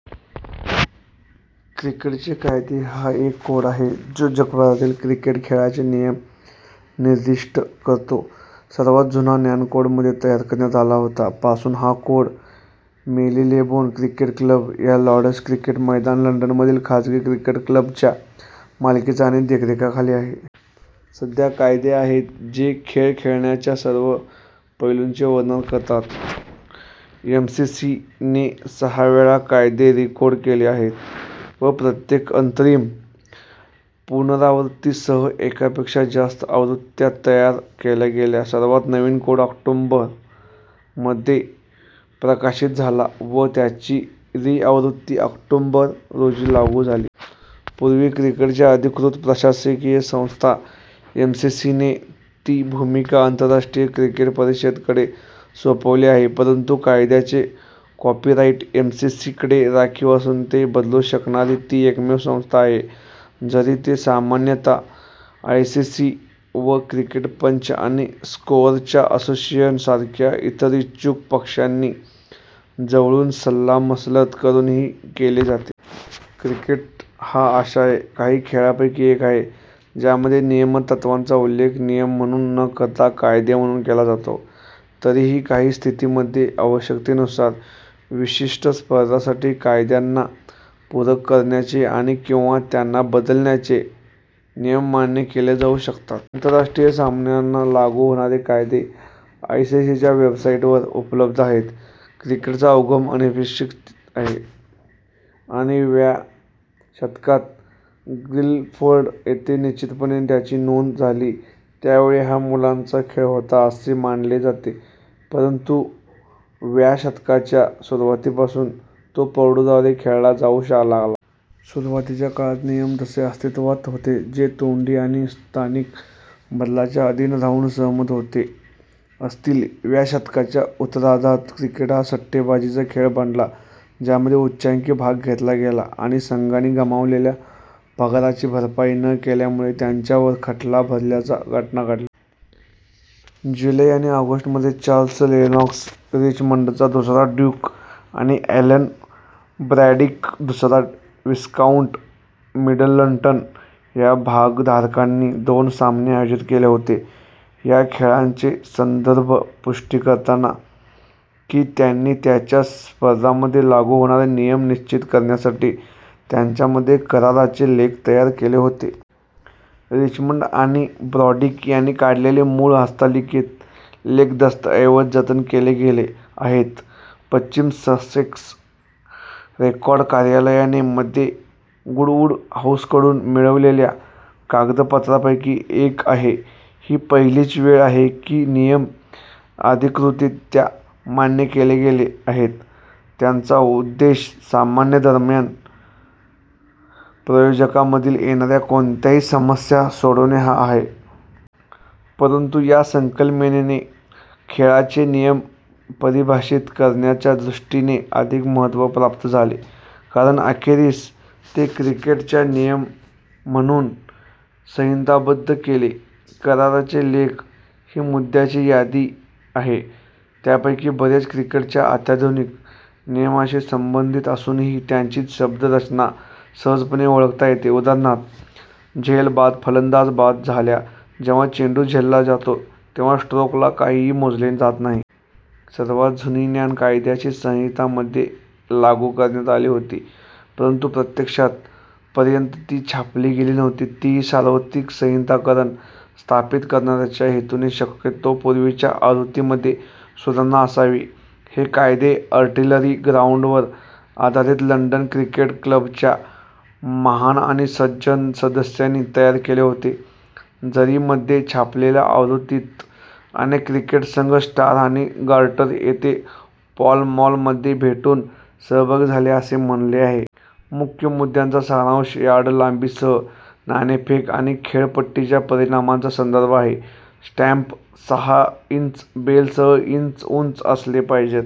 क्रिकेटचे कायदे हा एक कोड आहे जो जगभरातील क्रिकेट खेळाचे नियम निर्दिष्ट करतो. सर्वात जुना ज्ञात कोड मध्ये तयार करण्यात आला होता. पासून हा कोड मेरीलेबोन क्रिकेट क्लब या लॉर्ड्स क्रिकेट मैदान, लंडनमधील खाजगी क्रिकेट क्लबच्या मालकीचा आणि देखरेखीखाली आहे. सध्या कायदे आहेत, जे खेळ खेळण्याच्या सर्व पैलूंचे वर्णन करतात. एम सी सी ने सहा वेळा कायदे रि-कोड केले आहेत व प्रत्येक अंतरिम पुनरावृत्तीसह एकापेक्षा जास्त आवृत्त्या तयार केल्या गेल्या. सर्वात नवीन कोड ऑक्टोबर मध्ये प्रकाशित झाला व त्याची री आवृत्ती ऑक्टोबर रोजी लागू झाली. पूर्वी क्रिकेटची अधिकृत प्रशासकीय संस्था, एमसीसी ने ती भूमिका आंतरराष्ट्रीय क्रिकेट परिषद कडे सोपवली आहे. परंतु कायद्याचे कॉपीराइट एमसीसी कडे राखीव असून ते बदलू शकणारी ती एकमेव संस्था आहे, जरी ते सामान्यतः आयसीसी व क्रिकेट पंच आणि स्कोअरर्स असोसिएशन सारख्या इतर इच्छुक पक्षांशी जवळून सल्लामसलत करूनच केले जाते. क्रिकेट हा अशा काही खेळांपैकी एक आहे ज्यामध्ये नियमन तत्त्वांचा उल्लेख "नियम" म्हणून न करता "कायदे" म्हणून केला जातो. तरीही काही स्थितींमध्ये आवश्यकतेनुसार विशिष्ट स्पर्धांसाठी कायद्यांना पूरक करण्याचे आणि/किंवा त्यांना बदलण्याचे नियम मान्य केले जाऊ शकतात. आंतरराष्ट्रीय सामन्यांना लागू होणारे कायदे आयसीसीच्या वेबसाइटवर उपलब्ध आहेत. क्रिकेटचा उगम अनिश्चित आहे आणि व्या शतकात गिल्डफोर्ड येथे निश्चितपणे त्याची नोंद झाली. त्यावेळी हा मुलांचा खेळ होता असे मानले जाते परंतु व्या शतकाच्या सुरुवातीपासून तो प्रौढांद्वारे खेळला जाऊ लागला. सुरुवातीच्या काळात नियम तसे अस्तित्त्वात होते, जे तोंडी आणि स्थानिक बदलांच्या अधीन राहून सहमत होत असतील. व्या शतकाच्या उत्तरार्धात क्रिकेट हा सट्टेबाजीचा खेळ बनला, ज्यामध्ये उच्चांकी भाग घेतला गेला आणि संघांनी गमावलेल्या पगाराची भरपाई न केल्यामुळे त्यांच्यावर खटला भरल्याच्या घटना घडल्या. जुलै आणि ऑगस्ट मध्ये, चार्ल्स लेनॉक्स, रिचमंडचा दुसरा ड्यूक आणि ॲलन ब्रॉड्रिक, दुसरा विस्काउंट मिडलटन या भागधारकांनी दोन सामने आयोजित केले होते. या खेळांचे संदर्भ पुष्टी करतात की त्यांनी त्यांच्या स्पर्धांमध्ये लागू होणारे नियम निश्चित करण्यासाठी त्यांच्यामध्ये कराराचे लेख तयार केले होते. रिचमंड आणि ब्रॉड्रिक यांनी काढलेले मूळ हस्तलिखित लेख दस्तऐवज जतन केले गेले आहेत. पश्चिम ससेक्स रेकॉर्ड कार्यालयाने मध्ये गुडवुड हाऊसकडून मिळवलेल्या कागदपत्रांपैकी हे एक आहे. ही पहिलीच वेळ आहे की नियम अधिकृतरीत्या मान्य केले गेले आहेत, त्यांचा उद्देश सामन्यांदरम्यान प्रयोजकांमधील येणाऱ्या कोणत्याही समस्या सोडवणे हा आहे. परंतु या संकल्पनेला खेळाचे नियम परिभाषित करण्याच्या दृष्टीने अधिक महत्त्व प्राप्त झाले कारण अखेरीस, ते क्रिकेटचे नियम म्हणून संहिताबद्ध केले गेले. कराराचे लेख ही मुद्यांची यादी आहे, त्यापैकी बरेच क्रिकेटच्या आधुनिक नियमांशी संबंधित असूनही त्यांची शब्दरचना सहजपणे ओळखता येते, उदाहरणार्थ: झेलबाद, फलंदाज बाद झाला; जेव्हा चेंडू झेलला जातो तेव्हा स्ट्रोकला काहीही मोजले जात नाही. सर्वात जुनी ज्ञात कायद्याची संहिता मध्ये लागू करण्यात आली होती, परंतु प्रत्यक्षात पर्यंत ती छापली गेली नव्हती. तीही सार्वत्रिक संहिताकरण स्थापित करण्याच्या हेतूने शक्यतो पूर्वीच्या आवृत्तीमध्ये सुधारणा असावी. हे कायदे आर्टिलरी ग्राउंडवर आधारित लंडन क्रिकेट क्लबच्या "महान आणि सज्जन सदस्यांनी" तयार केले होते, जरी मध्ये छापलेल्या आवृत्तीत "अनेक क्रिकेट संघ" स्टार आणि गार्टर येथे पॉल मॉल मध्ये भेटून सहभागी झाले, असे म्हणले आहे. मुख्य मुद्द्यांचा सारांश: यार्ड लांबीसह नाणेफेक आणि खेळपट्टीच्या परिमाणांचा संदर्भ आहे; स्टंप सहा इंच बेलसह इंच उंच असले पाहिजेत;।